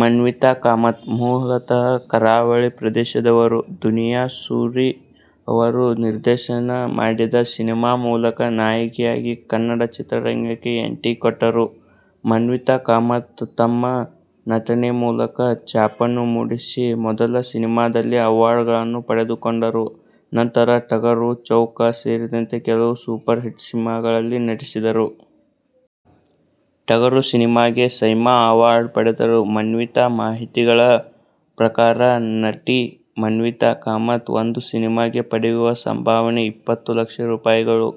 ಮಾನ್ವಿತಾ ಕಾಮತ್.. ಮೂಲತಃ ಕರಾವಳಿ ಪ್ರದೇಶದವರು. ದುನಿಯಾ ಸೂರಿ ಅವರು ನಿರ್ದೇಶನ ಮಾಡಿದ ಸಿನಿಮಾ ಮೂಲಕ ನಾಯಕಿಯಾಗಿ ಕನ್ನಡ ಚಿತ್ರರಂಗಕ್ಕೆ ಎಂಟ್ರಿ ಕೊಟ್ಟರು ಮಾನ್ವಿತಾ ಕಾಮತ್ ತಮ್ಮ ನಟನೆ ಮೂಲಕ ಛಾಪನ್ನು ಮೂಡಿಸಿ, ಮೊದಲ ಸಿನಿಮಾದಲ್ಲೇ ಅವಾರ್ಡ್ ಗಳನ್ನು ಪಡೆದುಕೊಂಡರು. ನಂತರ ಟಗರು, ಚೌಕ ಸೇರಿದಂತೆ ಕೆಲವು ಸೂಪರ್ ಹಿಟ್ ಸಿನಿಮಾಗಳಲ್ಲಿ ನಟಿಸಿದರು. ಟಗರು ಸಿನಿಮಾಗೆ ಸೈಮಾ ಅವಾರ್ಡ್ ಪಡೆದರು ಮಾನ್ವಿತಾ. ಮಾಹಿತಿಗಳ ಪ್ರಕಾರ ನಟಿ ಮಾನ್ವಿತಾ ಕಾಮತ್ ಒಂದು ಸಿನಿಮಾಗೆ ಪಡೆಯುವ ಸಂಭಾವನೆ ಇಪ್ಪತ್ತು ಲಕ್ಷ ರೂಪಾಯಿಗಳು.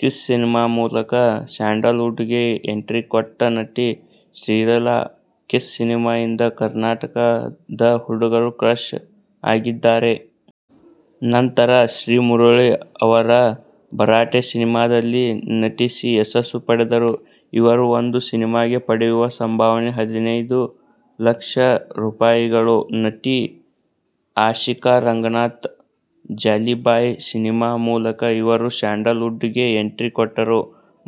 ಕಿಸ್ ಸಿನಿಮಾ ಮೂಲಕ ಸ್ಯಾಂಡಲ್ ವುಡ್ ಗೆ ಎಂಟ್ರಿ ಕೊಟ್ಟ ನಟಿ ಶ್ರೀಲೀಲಾ. ಕಿಸ್ ಸಿನಿಮಾ ಇಂದ ಕರ್ನಾಟಕದ ಹುಡುಗರ ಕ್ರಶ್ ಆಗಿದ್ದಾರೆ. ನಂತರ ಶ್ರೀಮುರಳಿ ಅವರ ಭರಾಟೆ ಸಿನಿಮಾದಲ್ಲಿ ನಟಿಸಿ ಯಶಸ್ಸು ಪಡೆದರು. ಇವರು ಒಂದು ಸಿನಿಮಾಗೆ ಪಡೆಯುವ ಸಂಭಾವನೆ ಹದಿನೈದು ಲಕ್ಷ ರೂಪಾಯಿಗಳು. ನಟಿ ಆಶಿಕಾ ರಂಗನಾಥ್, ಜಾಲಿಬಾಯ್ ಸಿನಿಮಾ ಮೂಲಕ ಇವರು ಸ್ಯಾಂಡಲ್ ವುಡ್ ಗೆ ಎಂಟ್ರಿ ಕೊಟ್ಟರು,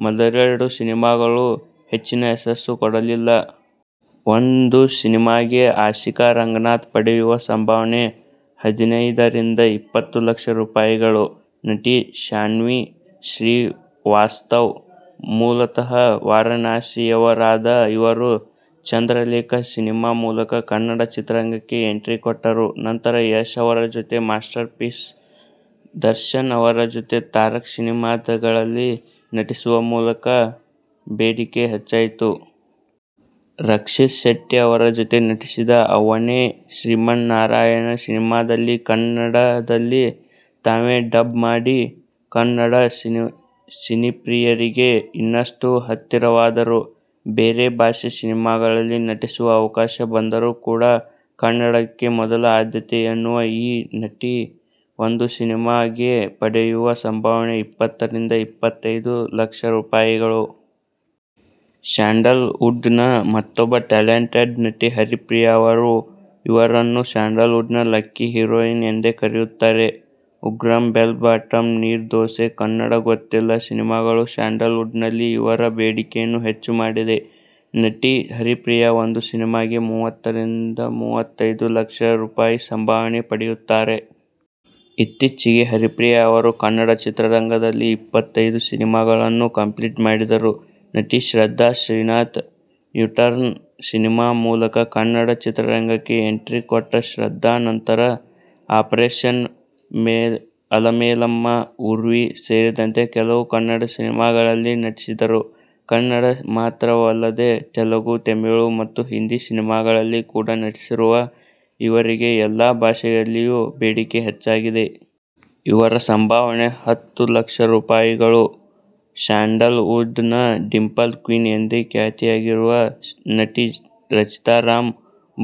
ಮೊದಲೆರಡು ಸಿನಿಮಾಗಳು ಹೆಚ್ಚಿನ ಯಶಸ್ಸು ಕೊಡಲಿಲ್ಲ. ಒಂದು ಸಿನಿಮಾಗೆ ಆಶಿಕಾ ರಂಗನಾಥ್ ಪಡೆಯುವ ಸಂಭಾವನೆ ಹದಿನೈದರಿಂದ ಇಪ್ಪತ್ತು ಲಕ್ಷ ರೂಪಾಯಿಗಳು. ನಟಿ ಶಾನ್ವಿ ಶ್ರೀವಾಸ್ತವ್, ಮೂಲತಃ ವಾರಣಾಸಿಯವರಾದ ಇವರು ಚಂದ್ರಲೇಖ ಸಿನಿಮಾ ಮೂಲಕ ಕನ್ನಡ ಚಿತ್ರರಂಗಕ್ಕೆ ಎಂಟ್ರಿ ಕೋಟ್ಟರು. ನಂತರ ಯಶ್ ಅವರ ಜೊತೆ ಮಾಸ್ಟರ್ ಪೀಸ್, ದರ್ಶನ್ ಅವರ ಜೊತೆ ತಾರಕ್ ಸಿನಿಮಾಗಳಲ್ಲಿ ನಟಿಸುವ ಮೂಲಕ ಇವರ ಬೇಡಿಕೆ ಹೆಚ್ಚಾಯಿತು. ರಕ್ಷಿತ್ ಶೆಟ್ಟಿ ಅವರ ಜೊತೆ ನಟಿಸಿದ ಅವನೇ ಶ್ರೀಮನ್ನಾರಾಯಣ ಸಿನಿಮಾದಲ್ಲಿ ಕನ್ನಡದಲ್ಲಿ ತಾವೇ ಡಬ್ ಮಾಡಿ, ಕನ್ನಡ ಸಿನಿಪ್ರಿಯರಿಗೆ ಇನ್ನಷ್ಟು ಹತ್ತಿರವಾದರು. ಬೇರೆ ಭಾಷೆ ಸಿನಿಮಾಗಳಲ್ಲಿ ನಟಿಸುವ ಅವಕಾಶ ಬಂದರು ಕೂಡ, ಕನ್ನಡಕ್ಕೆ ಮೊದಲ ಆದ್ಯತೆ ಎನ್ನುವ ಈ ನಟಿ ಒಂದು ಸಿನಿಮಾಗೆ ಪಡೆಯುವ ಸಂಭಾವನೆ ಇಪ್ಪತ್ತರಿಂದ ಇಪ್ಪತ್ತೈದು ಲಕ್ಷ ರೂಪಾಯಿಗಳು. ಸ್ಯಾಂಡಲ್ ವುಡ್ ನ ಮತ್ತೊಬ್ಬ ಟ್ಯಾಲೆಂಟೆಡ್ ನಟಿ ಹರಿಪ್ರಿಯಾ ಅವರು. ಇವರನ್ನು ಸ್ಯಾಂಡಲ್ ವುಡ್ ನ ಲಕ್ಕಿ ಹೀರೋಯಿನ್ ಎಂದೇ ಕರೆಯುತ್ತಾರೆ. ಉಗ್ರ-, ಬೆಲ್ ಬಾಟಮ್, ನೀರ್ ದೋಸೆ, ಕನ್ನಡ್ ಗೊತ್ತಿಲ್ಲ ಸಿನಿಮಾಗಳು ಸ್ಯಾಂಡಲ್ ವುಡ್ ನಲ್ಲಿ ಇವರ ಬೇಡಿಕೆಯನ್ನು ಹೆಚ್ಚು ಮಾಡಿದೆ. ನಟಿ ಹರಿಪ್ರಿಯಾ ಒಂದು ಸಿನಿಮಾಗೆ ಮೂವತ್ತರಿಂದ ಮೂವತ್ತೈದು ಲಕ್ಷ ರೂಪಾಯಿ ಸಂಭಾವನೆ ಪಡೆಯುತ್ತಾರೆ. ಇತ್ತೀಚೆಗೆ ಹರಿಪ್ರಿಯಾ ಅವರು ಕನ್ನಡ ಚಿತ್ರರಂಗದಲ್ಲಿ ಇಪ್ಪತ್ತೈದು ಸಿನಿಮಾಗಳನ್ನು ಕಂಪ್ಲೀಟ್ ಮಾಡಿದರು. ನಟಿ ಶ್ರದ್ಧಾ ಶ್ರೀನಾಥ್, ಯೂಟರ್ನ್ ಸಿನಿಮಾ ಮೂಲಕ ಕನ್ನಡ ಚಿತ್ರರಂಗಕ್ಕೆ ಎಂಟ್ರಿ ಕೊಟ್ಟ ಶ್ರದ್ಧಾ, ನಂತರ ಆಪರೇಷನ್ ಅಲಮೇಲಮ್ಮ, ಊರ್ವಿ ಸೇರಿದಂತೆ ಕೆಲವು ಕನ್ನಡ ಸಿನಿಮಾಗಳಲ್ಲಿ ನಟಿಸಿದರು. ಕನ್ನಡ ಮಾತ್ರವಲ್ಲದೆ ತೆಲುಗು, ತಮಿಳು ಮತ್ತು ಹಿಂದಿ ಸಿನಿಮಾಗಳಲ್ಲಿ ಕೂಡ ನಟಿಸಿರುವ ಇವರಿಗೆ ಎಲ್ಲಾ ಭಾಷೆಗಳಲ್ಲೂ ಬೇಡಿಕೆ ಹೆಚ್ಚಾಗಿದೆ. ಇವರ ಸಂಭಾವನೆ ಹತ್ತು ಲಕ್ಷ ರೂಪಾಯಿಗಳು. ಸ್ಯಾಂಡಲ್ ವುಡ್ ನ ಡಿಂಪಲ್ ಕ್ವೀನ್ ಎಂದೇ ಖ್ಯಾತಿಯಾಗಿರುವ ನಟಿ ರಚಿತಾ ರಾಮ್.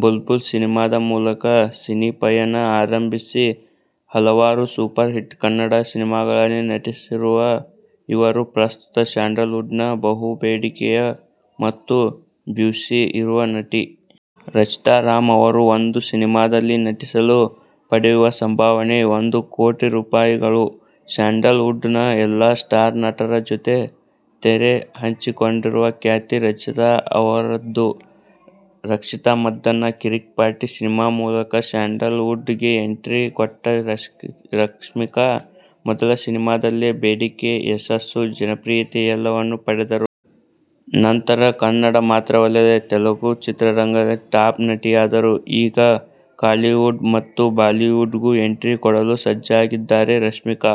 ಬುಲ್ ಬುಲ್ ಸಿನಿಮಾ ಮೂಲಕ ಸಿನಿಪಯಣ ಆರಂಭಿಸಿ ಹಲವಾರು ಸೂಪರ್ ಹಿಟ್ ಕನ್ನಡ ಸಿನಿಮಾಗಳಲ್ಲಿ ನಟಿಸಿರುವ ಇವರು, ಪ್ರಸ್ತುತ ಸ್ಯಾಂಡಲ್ ವುಡ್ ನ ಬಹುಬೇಡಿಕೆಯ ಮತ್ತು ಬ್ಯುಸಿ ಇರುವ ನಟಿ. ರಚಿತಾ ರಾಮ್ ಅವರು ಒಂದು ಸಿನಿಮಾದಲ್ಲಿ ನಟಿಸಲು ಪಡೆಯುವ ಸಂಭಾವನೆ ಒಂದು ಕೋಟಿ ರೂಪಾಯಿಗಳು ಸ್ಯಾಂಡಲ್ ವುಡ್ ನ ಎಲ್ಲಾ ಸ್ಟಾರ್ ನಟರ ಜೊತೆ ತೆರೆಹಂಚಿಕೊಂಡಿರುವ ಖ್ಯಾತಿ ರಚಿತಾ ಅವರದ್ದು. ರಶ್ಮಿಕಾ ಮಂದಣ್ಣ, ಕಿರಿಕ್ ಪಾರ್ಟಿ ಸಿನಿಮಾ ಮೂಲಕ ಸ್ಯಾಂಡಲ್ ವುಡ್ ಗೆ ಎಂಟ್ರಿ ಕೊಟ್ಟ ರಶ್ಮಿಕಾ, ಮೊದಲ ಸಿನಿಮಾದಲ್ಲೇ ಬೇಡಿಕೆ, ಯಶಸ್ಸು, ಜನಪ್ರಿಯತೆ ಎಲ್ಲವನ್ನು ಪಡೆದರು. ನಂತರ ಕನ್ನಡ ಮಾತ್ರವಲ್ಲದೆ ತೆಲುಗು ಚಿತ್ರರಂಗದ ಟಾಪ್ ನಟಿಯಾದರು. ಈಗ ಕಾಲಿವುಡ್ ಮತ್ತು ಬಾಲಿವುಡ್ ಗು ಎಂಟ್ರಿ ಕೊಡಲು ಸಜ್ಜಾಗಿದ್ದಾರೆ ರಶ್ಮಿಕಾ.